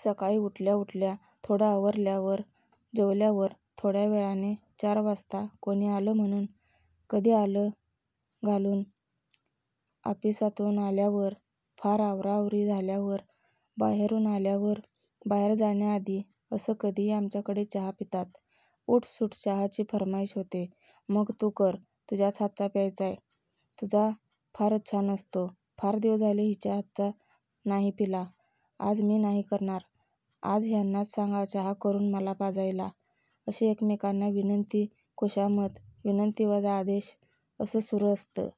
सकाळी उठल्या उठल्या, थोडं आवरल्यावर, जेवल्यावर थोड्यावेळाने, चार वाजता, कोणी आलं म्हणून, कधी आलं घालून, ऑफिसातून आल्यावर, फार आवराआवरी झाल्यावर, बाहेरून आल्यावर, बाहेर जाण्याआधी असं कधीही आमच्याकडे चहा पितात. उठसूट चहाची फर्माईश होते, मग तू कर, तुझ्याच हातचा प्यायचाय, तुझा फारच छान असतो, फार दिवस झाले हिच्या हातचा नाही पिला, आज मी नाही करणार, आज ह्यांनाच सांगा चहा करून मला पाजायला, अशी एकमेकांना विनंती, खुशामत, विनंतीवजा आदेश असं सुरु असतं.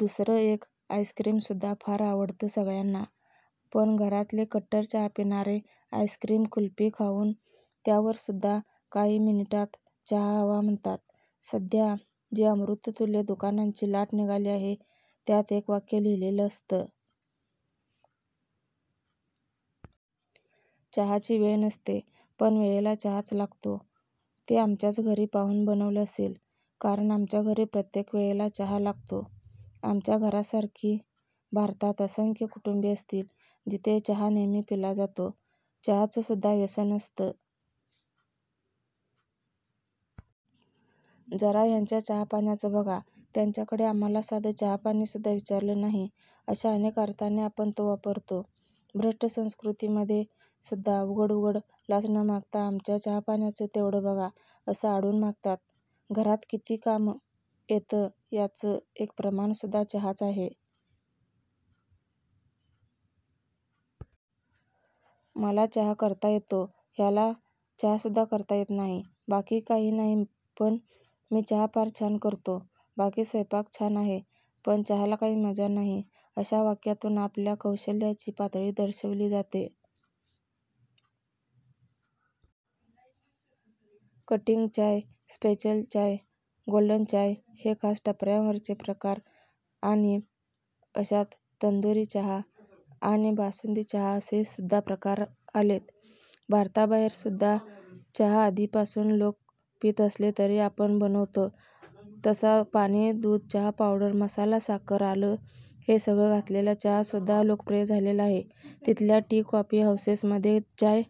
दुसरं एक आईस्क्रीम सुद्धा फार आवडत सगळ्यांना पण घरातले कट्टर चहा पिणारे आईस्क्रीम कुल्फी खाऊन त्यावर सुद्धा काही मिनिटात चहा हवा म्हणतात. सध्या जी अमृततुल्य दुकानांची लाट निघाली आहे त्यात एक वाक्य लिहिलेलं असतं. चहाची वेळ नसते पण वेळेला चहाच लागतो. ते आमच्याच घरी पाहून बनवलं असेल कारण आमच्या घरी प्रत्येक वेळेला चहा लागतो. आमच्या घरासारखी भारतात असंख्य कुटुंबे असतील जिथे चहा नेहमी पिला जातो. चहाचं सुद्धा व्यसन असतं. जरा ह्यांच्या चहापाण्याचं बघा, त्यांच्याकडे आम्हाला साधं चहापाणीसुद्धा विचारलं नाही अशा अनेक अर्थाने आपण तो वापरतो. भ्रष्टसंस्कृती मध्ये सुद्धा उघड उघड लाच न मागता आमच्या चहापाण्याचं तेवढं बघा असं आडून मागतात. घरात किती काम येत याच एक प्रमाण सुद्धा चहाच आहे. मला चहा करता येतो, ह्याला चहासुद्धा करता येत नाही, बाकी काही नाही पण मी चहा फार छान करतो, बाकी स्वयंपाक छान आहे पण चहाला काही मजा नाही, अशा वाक्यातून आपल्या कौशल्याची पातळी दर्शवली जाते. कटिंग चाय, स्पेशल चाय, गोल्डन चाय हे खास टपऱ्यांवरचे प्रकार आणि अशात तंदुरी चहा आणि बासुंदी चहा असेसुद्धा प्रकार आलेत. भारताबाहेरसुद्धा चहा आधीपासून लोक पीत असले तरी आपण बनवतो तसा पाणी दूध चहा पावडर मसाला, साखर, आलं हे सगळं घातलेला चहा सुद्धा लोकप्रिय झालेला आहे. तिथल्या टी कॉफी हाऊसेस मध्ये चाय